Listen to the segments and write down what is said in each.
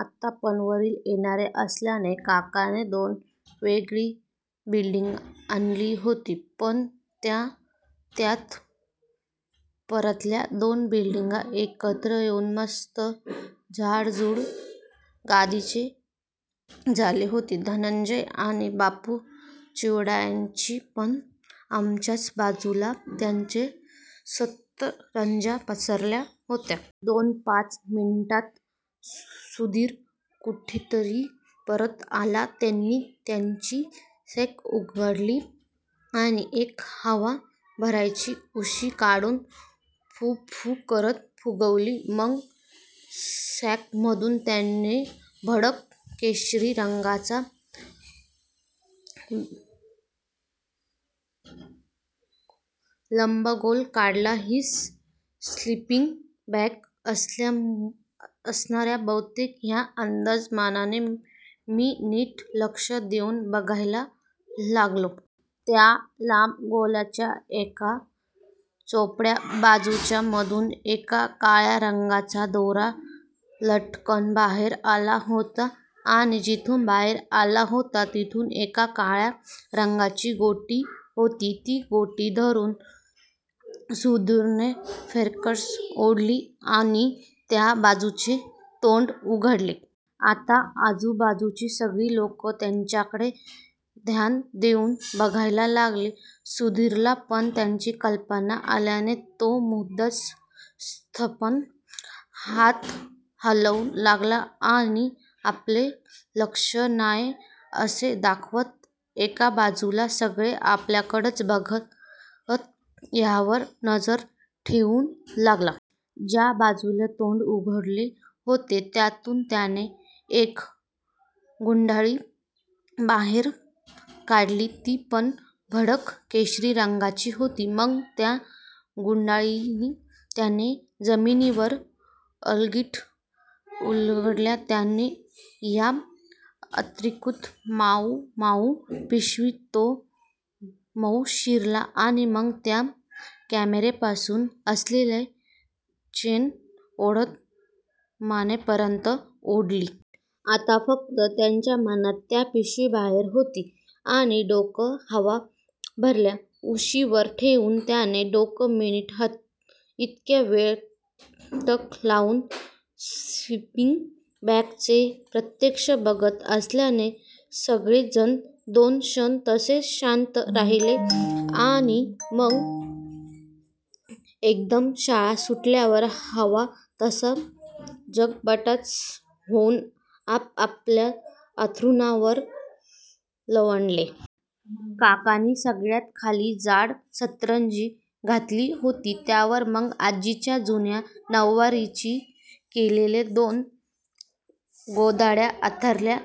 आत्यापण वारीला येणार असल्याने काकांनी दोन वेगवेगळी बेडींग आणली होती. पण आता आत्या परतल्याने दोन्ही बेडिंग एकत्र होउन मस्त जाडजूड गादीच झाली होती. धनंजयने आणि बापू चिवट्यांनी पण आमच्याच बाजूला त्यांच्या सतरंज्या पसरल्या होत्या. दोनपाच मिनिटात सुधीर कुठुनतरी परत आला. त्याने त्याची सॅक उघडली आणि एक हवा भरायची उशी काढून फू-फू करत फुगवली. मग सॅकमधून त्याने भडक केशरी रंगाचा एक लंबगोल काढला. हीच स्लीपिंग बॅग असणार बहुतेक ह्या अंदाजाने मी नीट लक्ष देउन बघायला लागलो. त्या लंबगोलाच्या एका चपट्या बाजूच्या मध्यातून एक काळ्या रंगाचा दोरा लटकत बाहेर आला होता आणि जिथून बाहेर आला होता तिथे एक काळ्या रंगाची गोटी होती. ती गोटी धरुन सुधीरने फर्रकन् ओढली आणि त्या बाजूचे तोंड उघडले. आता आजूबाजूची सगळी लोकं त्याच्याकडे ध्यान देउन बघायला लागली. सुधिरला पण त्याची कल्पना आल्याने तो मुद्दामच संथपणे हात हलवू लागला आणि आपलं लक्षच नाहिये असं दाखवत एका बाजूला सगळे आपल्याकडेच बघताहेत ह्यावर नजर ठेवू लागला. ज्या बाजूचे तोंड उघडले होते त्यातून त्याने एक गुंडाळी बाहेर काढली ती पण भडक केशरी रंगाचीच होती. मग ती गुंडाळी त्याने जमिनीवर उलगडली. उलगडलेल्या त्या आयताकृती मउमउ पिशवीत तो मध्ये शिरला आणि मग त्याने कमरेपासून असलेली चेन ओढत मानेपर्यंत ओढली. आता फक्त त्याची मान त्या पिशवीबाहेर होती आणि डोके हवा भरलेल्या उशीवर ठेवून त्याने डोळे मिटले. इतका वेळ टक लावून स्लिपींग बॅगचे ते प्रात्यक्षिक बघत असलेले सगळेजण दोन क्षण तसेच शांत राहिले आणि मग एकदम शाळा सुटल्यावर व्हावा तसा गजबजाट होउन आपापल्या अंथरुणांवर लवंडले. काकांनी सगळ्यात खाली जाड सतरंजी घातलेली होती. त्यावर मग आजीच्या जुन्या नउवारीच्या केलेल्या दोन गोधड्या अंथरल्या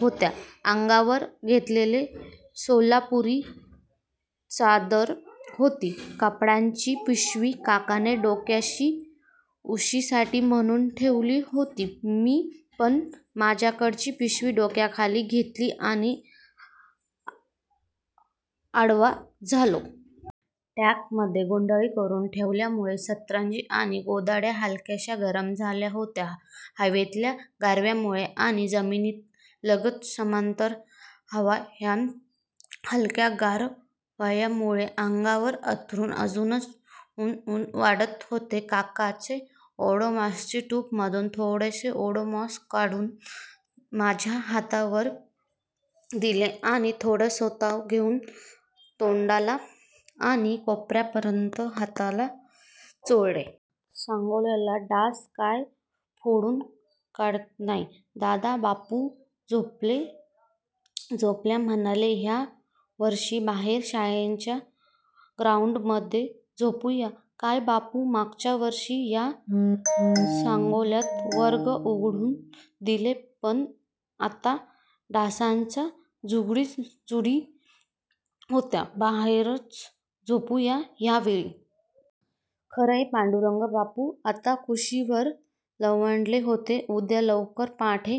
होत्या. अंगावर घ्यायला सोलापुरी चादर होती. कपड्याची पिशवी काकांनी डोक्याशी उश्यासाठी म्हणुन ठेवलेली होती. मी पण माझ्या कपड्याची पिशवी डोक्याखाली घेतली आणि आडवा झालो. ट्रकमध्ये गुंडाळी करुन ठेवल्यामुळे सतरंजी आणि गोधड्या हलक्याश्या गरम झाल्या होत्या. हवेतल्या गारव्यामुळे आणि जमिनीलगत समांतर वाहणार्या हलक्या गार वार्यामुळे अंगाखालचं अंथरुण अजूनच उन-उन वाटत होतं. काकांनी ओडोमॉसच्या ट्युबमधून थोडं ओडोमॉस काढून माझ्या हातावर दिलं आणि थोडं स्वत: घेउन तोंडाला आणि कोपरापासून हाताला चोळलं. सांगोल्याला डास काय फोडून काढतात न्हाय दादा, बापू झोपल्या झोपल्या म्हणाले. होय, ह्यावर्षी बाहेर शाळेच्या ग्राउंडमध्येच झोपुया, काय बापू. मागच्या वर्षी त्या सांगोल्यात वर्ग उघडून दिले पण आत डासांच्या झुंडीच झुंडी होत्या. बाहेरच झोपुया ह्या वेळी. खरय. पांडुरंग. बापू आता कुशीवर लवंडले होते. उद्या लवकर पहाटे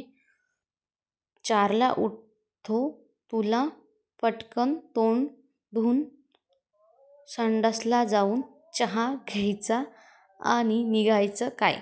चारला उठवतो तुला. पटकन तोंड धुउन, संडासला जावून, चहा घ्यायचा आणि निघायचं, काय.